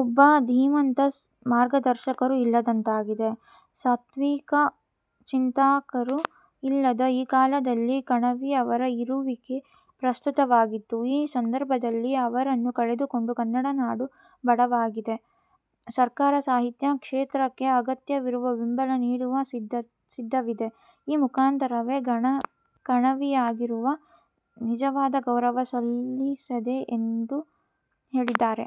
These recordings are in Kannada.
ಒಬ್ಬ ಧೀಮಂತ, ಮಾರ್ಗದರ್ಶಕರು ಇಲ್ಲದಂತಾಗಿದೆ. ಸಾತ್ವಿಕ ಚಿಂತಕರು ಇಲ್ಲದ ಈ ಕಾಲದಲ್ಲಿ ಕಣವಿ ಅವರ ಇರುವಿಕೆ ಪ್ರಸ್ತುತವಾಗಿತ್ತು. ಈ ಸಂದರ್ಭದಲ್ಲಿ ಅವರನ್ನು ಕಳೆದುಕೊಂಡು ಕನ್ನಡ ನಾಡು ಬಡವಾಗಿದೆ. ಸರ್ಕಾರ ಸಾಹಿತ್ಯ ಕ್ಷೇತ್ರಕ್ಕೆ ಅಗತ್ಯವಿರುವ ಬೆಂಬಲ ನೀಡುವ ಸಿದ್ಧವಿದೆ. ಈ ಮುಖಾಂತರವೇ ಕಣವಿಯವರಿಗೆ ನಿಜವಾದ ಗೌರವ ಸಲ್ಲಿಸಲಿದೆ ಎಂದು ಹೇಳಿದ್ದಾರೆ.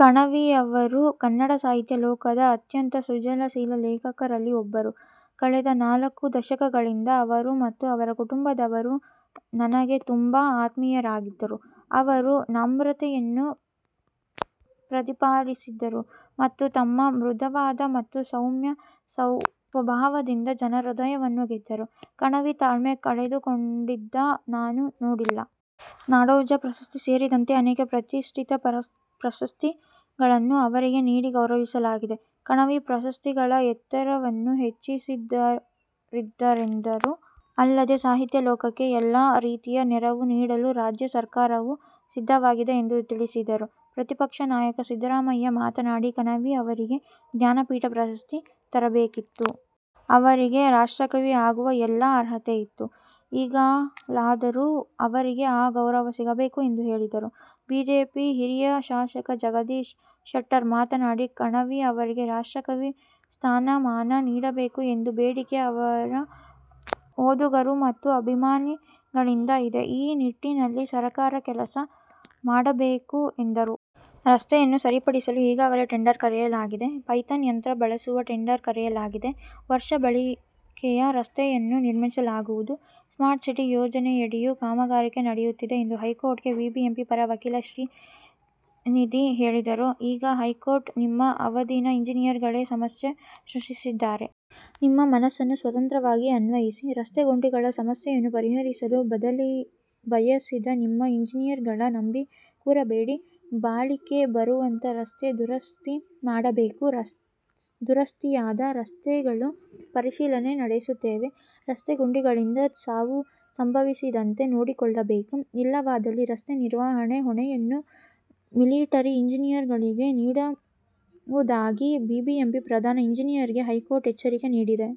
"ಕಣವಿಯವರು ಕನ್ನಡ ಸಾಹಿತ್ಯ ಲೋಕದ ಅತ್ಯಂತ ಸೃಜನಶೀಲ ಲೇಖಕರಲ್ಲಿ ಒಬ್ಬರು. ಕಳೆದ ನಾಲ್ಕು ದಶಕಗಳಿಂದ ಅವರು ಮತ್ತು ಅವರ ಕುಟುಂಬದವರು ನನಗೆ ತುಂಬಾ ಆತ್ಮೀಯರಾಗಿದ್ದರು. ಅವರು ನಮ್ರತೆಯನ್ನು ಪ್ರತಿಪಾದಿಸಿದ್ದರು. ಮತ್ತು ತಮ್ಮ ಮೃದುವಾದ ಮತ್ತು ಸೌಮ್ಯ ಸ್ವಭಾವದಿಂದ ಜನರ ಹೃದಯವನ್ನು ಗೆದ್ದರು, ಕಣವಿ ತಾಳ್ಮೆ ಕಳೆದುಕೊಂಡಿದ್ದನ್ನು ನಾನು ನೋಡಿಲ್ಲ. "ನಾಡೋಜ ಪ್ರಶಸ್ತಿ ಸೇರಿದಂತೆ ಅನೇಕ ಪ್ರತಿಷ್ಠಿತ ಪ್ರಶಸ್ತಿಗಳನ್ನು ಅವರಿಗೆ ನೀಡಿ ಗೌರವಿಸಲಾಗಿದೆ. ಕಣವಿ ಪ್ರಶಸ್ತಿಗಳ ಎತ್ತರವನ್ನು ಹೆಚ್ಚಿಸಿದ್ದವರಾಗಿದ್ದಾರೆಂದರು. ಅಲ್ಲದೆ, ಸಾಹಿತ್ಯ ಲೋಕಕ್ಕೆ ಎಲ್ಲಾ ರೀತಿಯ ನೆರವು ನೀಡಲು ರಾಜ್ಯ ಸರ್ಕಾರ ಸಿದ್ಧವಿದೆ ಎಂದು ತಿಳಿಸಿದರು. ಪ್ರತಿಪಕ್ಷ ನಾಯಕ ಸಿದ್ದರಾಮಯ್ಯ ಮಾತನಾಡಿ, ಕಣವಿ ಅವರಿಗೆ ಜ್ಞಾನಪೀಠ ಪ್ರಶಸ್ತಿ ಬರಬೇಕಿತ್ತು. "ಅವರಿಗೆ 'ರಾಷ್ಟ್ರಕವಿ' ಆಗುವ ಎಲ್ಲ ಅರ್ಹತೆ ಇತ್ತು. ಈಗಲಾದರೂ ಅವರಿಗೆ ಆ ಗೌರವ ಸಿಗಬೇಕು ಎಂದು ಹೇಳಿದರು. ಬಿಜೆಪಿ ಹಿರಿಯ ಶಾಸಕ ಜಗದೀಶ ಶೆಟ್ಟರ್ ಮಾತನಾಡಿ, ಕಣವಿ ಅವರಿಗೆ 'ರಾಷ್ಟ್ರಕವಿ' ಸ್ಥಾನಮಾನ ನೀಡಬೇಕು ಎಂಬ ಬೇಡಿಕೆ ಅವರ ಓದುಗರು ಮತ್ತು ಅಭಿಮಾನಿಗಳಿಂದ ಇದೆ. ಈ ನಿಟ್ಟಿನಲ್ಲಿ ಸರಕಾರ ಕೆಲಸ ಮಾಡಬೇಕು ಎಂದರು. ರಸ್ತೆಗಳನ್ನು ಸರಿಪಡಿಸಲು ಈಗಾಗಲೇ ಟೆಂಡರ್ ಕರೆಯಲಾಗಿದೆ. ಪೈಥಾನ್ ಯಂತ್ರ ಬಳಸಲು ಟೆಂಡರ್ ಕರೆಯಲಾಗಿದೆ. ವರ್ಷ ಬಾಳಿಕೆಯ ರಸ್ತೆಗಳನ್ನು ನಿರ್ಮಿಸಲಾಗುವುದು. ಸ್ಮಾರ್ಟ್ ಸಿಟಿ ಯೋಜನೆಯಡಿಯೂ ಕಾಮಗಾರಿ ನಡೆಯುತ್ತಿದೆ ಎಂದು ಹೈಕೋರ್ಟ್ಗೆ ಬಿಬಿಎಂಪಿ ಪರ ವಕೀಲ ವಿ. ಶ್ರೀನಿಧಿ ಹೇಳಿದರು. ಆಗ ಕೋರ್ಟ್, ನಿಮ್ಮ ಅಧೀನ ಇಂಜಿನಿಯರ್ಗಳೇ ಸಮಸ್ಯೆ ಸೃಷ್ಟಿಸಿದ್ದಾರೆ. ನಿಮ್ಮ ಮನಸ್ಸನ್ನು ಸ್ವತಂತ್ರವಾಗಿ ಅನ್ವಯಿಸಿ, ರಸ್ತೆ ಗುಂಡಿಗಳ ಸಮಸ್ಯೆಯನ್ನು ಪರಿಹರಿಸಲು ಬಯಸದ ನಿಮ್ಮ ಎಂಜಿನಿಯರ್ಗಳ ನಂಬಿ ಕೂರಬೇಡಿ. ಬಾಳಿಕೆ ಬರುವಂತೆ ರಸ್ತೆ ದುರಸ್ತಿ ಮಾಡಬೇಕು. ದುರಸ್ತಿಯಾದ ರಸ್ತೆಗಳ ಪರಿಶೀಲನೆ ನಡೆಸುತ್ತೇವೆ. ರಸ್ತೆ ಗುಂಡಿಗಳಿಂದ ಸಾವು ಸಂಭವಿಸದಂತೆ ನೋಡಿಕೊಳ್ಳಬೇಕು. ಇಲ್ಲವಾದಲ್ಲಿ ರಸ್ತೆ ನಿರ್ವಹಣೆ ಹೊಣೆಯನ್ನು ಮಿಲಿಟರಿ ಇಂಜಿನಿಯರ್ಗಳಿಗೆ ನೀಡುವುದಾಗಿ ಬಿಬಿಎಂಪಿ ಪ್ರಧಾನ ಇಂಜಿನಿಯರ್ಗೆ ಹೈಕೋರ್ಟ್ ಎಚ್ಚರಿಕೆ ನೀಡಿತು.